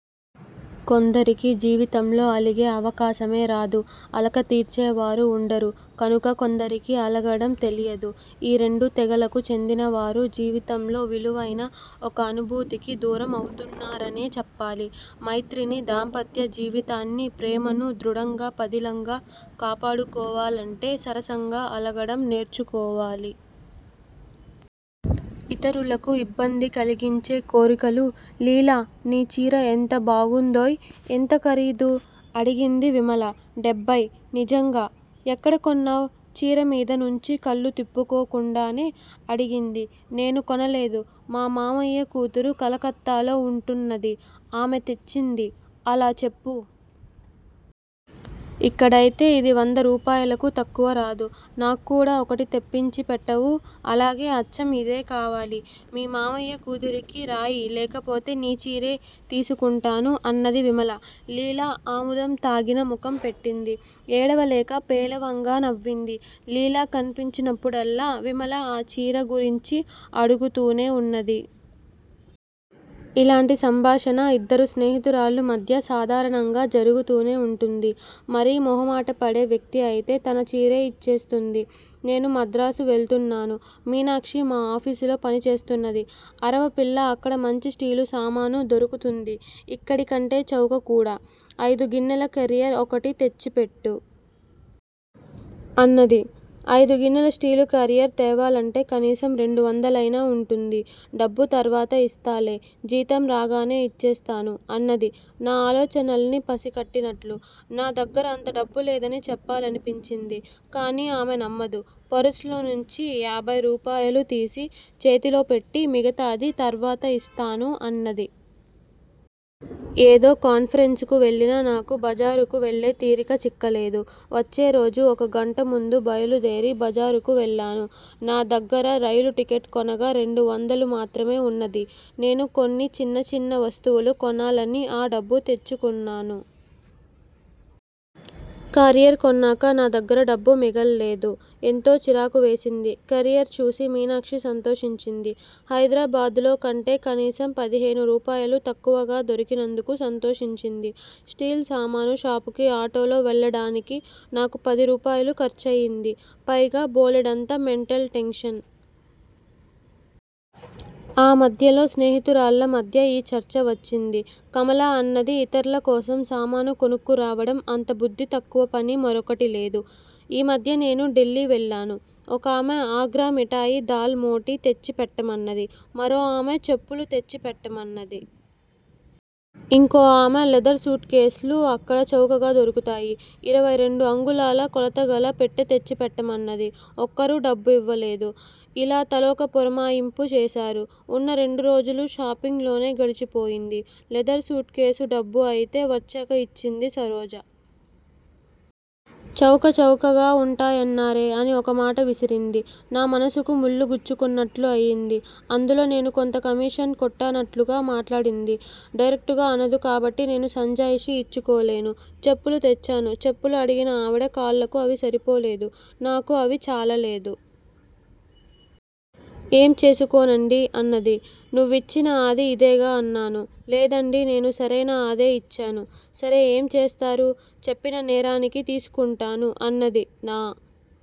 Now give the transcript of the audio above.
కొందరికి జీవితంలో అలిగే అవకాశమే రాదు అలక తీర్చేవారు ఉండరు కనుక కొందరికి అలగడం తెలియదు. ఈ రెండు తెగలకు చెందినవారు జీవితంలో విలువైన ఒక అనుభూతికి దూరం అవుతున్నారనే చెప్పాలి. మైత్రిని దాంపత్య జీవితాన్నీ ప్రేమనూ దృఢంగా పదిలంగా కాపాడుకోవాలంటే సరసంగా అలగడం నేర్చుకోవాలి. ఇతరులకు ఇబ్బంది కలిగించే కోరికలు లీలా! నీ చీర ఎంత బాగుందోయ్? ఎంత ఖరీదు? అడిగింది విమల. డెబ్బయ్! నిజంగా? ఎక్కడ కొన్నావ్? చీర మీద నుంచి కళ్ళు తిప్పుకోకుండానే అడిగింది. నేను కొనలేదు. మా మామయ్య కూతురు కలకత్తాలో ఉంటున్నది. ఆమె తెచ్చింది. అలా చెప్పు! ఇక్కడైతే ఇది వందరూపాయలకు తక్కువ రాదు. నాక్కూడా ఒకటి తెప్పించి పెట్టవూ? అలాగే! అచ్చం ఇదే కావాలి! మీ మావయ్య కూతురికి రాయి లేకపోతే నీ చీరే తీసుకుంటాను అన్నది విమల. లీల ఆముదం తాగిన ముఖం పెట్టింది. ఏడవలేక పేలవంగా నవ్వింది. లీల కన్పించినప్పుడల్లా విమల ఆ చీర గురించి అడుగుతూనే ఉన్నది. ఇలాంటి సంభాషణ ఇద్దరు స్నేహితురాళ్ళ మధ్య సాధారణంగా జరుగుతూనే ఉంటుంది. మరీ మొహమాటపడే వ్యక్తి అయితే తన చీరే ఇచ్చేస్తుంది. నేను మద్రాసు వెళ్తున్నాను. మీనాక్షి మా ఆఫీసులో పనిచేస్తున్నది. అరవపిల్ల అక్కడ మంచి స్టీలు సామాను దొరుకుతుంది ఇక్కడి కంటే చౌక కూడా. ఐదు గిన్నెల కారియర్ ఒకటి తెచ్చి పెట్టు! అన్నది. ఐదు గిన్నెల స్టీలు కారియర్ తేవాలంటే కనీసం రెండు వందలైనా ఉంటుంది. డబ్బు తర్వాత ఇస్తాలే. జీతం రాగానే ఇచ్చేస్తాను అన్నది నా ఆలోచనల్ని పసికట్టినట్లు. నా దగ్గర అంత డబ్బులేదని చెప్పాలనిపించింది. కాని ఆమె నమ్మదు. పర్సులోంచి యాభై రూపాయలు తీసి చేతిలో పెట్టి మిగతాది తర్వాత ఇస్తాను అన్నది. ఏదో కాన్ఫరెన్సుకు వెళ్ళిన నాకు బజారుకు వెళ్ళే తీరిక చిక్కలేదు. వచ్చే రోజు ఒక గంట ముందు బయలుదేరి బజారుకు వెళ్ళాను. నా దగ్గిర రైలు టికెట్ కొనగా రెండు వందలు మాత్రమే ఉన్నది. నేను కొన్ని చిన్న చిన్న వస్తువులు కొనాలని ఆ డబ్బు తెచ్చుకున్నాను. కారియర్ కొన్నాక నా దగ్గర డబ్బు మిగల్లేదు. ఎంతో చిరాకు వేసింది. కారియర్ చూసి మీనాక్షి సంతోషించింది. హైదరాబాద్ లో కంటే కనీసం పదిహేను రూపాయలు తక్కువగా దొరికినందుకు సంతోషించింది. స్టీల్ సామాను షాపుకి ఆటోలో వెళ్ళడానికి నాకు పది రూపాయలు ఖర్చయింది. పైగా బోలెడంత మెంటల్ టెన్షన్. ఆ మధ్యలో స్నేహితురాళ్ళ మధ్య ఈ చర్చ వచ్చింది. కమల అన్నది ఇతర్ల కోసం సామాను కొనుక్కురావడం అంతబుద్ధి తక్కువపని మరొకటి లేదు. ఈ మధ్య నేను ఢిల్లీ వెళ్ళాను. ఒకామె ఆగ్రా మిఠాయి దాల్ మోటీ తెచ్చి పెట్టమన్నది. మరో ఆమె చెప్పులు తెచ్చి పెట్టమన్నది. ఇంకో ఆమె లెదర్ సూట్ కేస్ లు అక్కడ చౌకగా దొరుకుతాయి. ఇరవై రెండు అంగుళాల కొలతగల పెట్టె తెచ్చిపెట్టమన్నది. ఒక్కరూ డబ్బు ఇవ్వలేదు. ఇలా తలొక పురమాయింపు చేశారు. ఉన్న రెండు రోజులూ షాపింగ్ లోనే గడిచిపోయింది. లెదర్ సూట్ కేసు డబ్బు అయితే వచ్చాక ఇచ్చింది సరోజ. చౌక చౌకగా ఉంటాయన్నారే అని ఒక మాట విసిరింది. నా మనసుకు ముల్లు గుచ్చుకున్నట్లు అయింది. అందులో నేను కొంత కమీషన్ కొట్టానన్నట్లు మాట్లాడింది. డైరెక్టుగా అనదు కాబట్టి నేను సంజాయిషీ ఇచ్చుకోలేను. చెప్పులు తెచ్చాను. చెప్పులు అడిగిన ఆవిడ కాళ్ళకు అవి సరిపోలేదు. నాకు అవి చాలలేదు. ఏం చేసుకోనండీ! అన్నది. నువ్విచ్చిన ఆది ఇదేగా అన్నాను. లేదండీ నేను సరైన ఆదే ఇచ్చాను. సరే ఏం చేస్తారు. చెప్పిన నేరానికి తీసుకుంటాను అన్నది. నా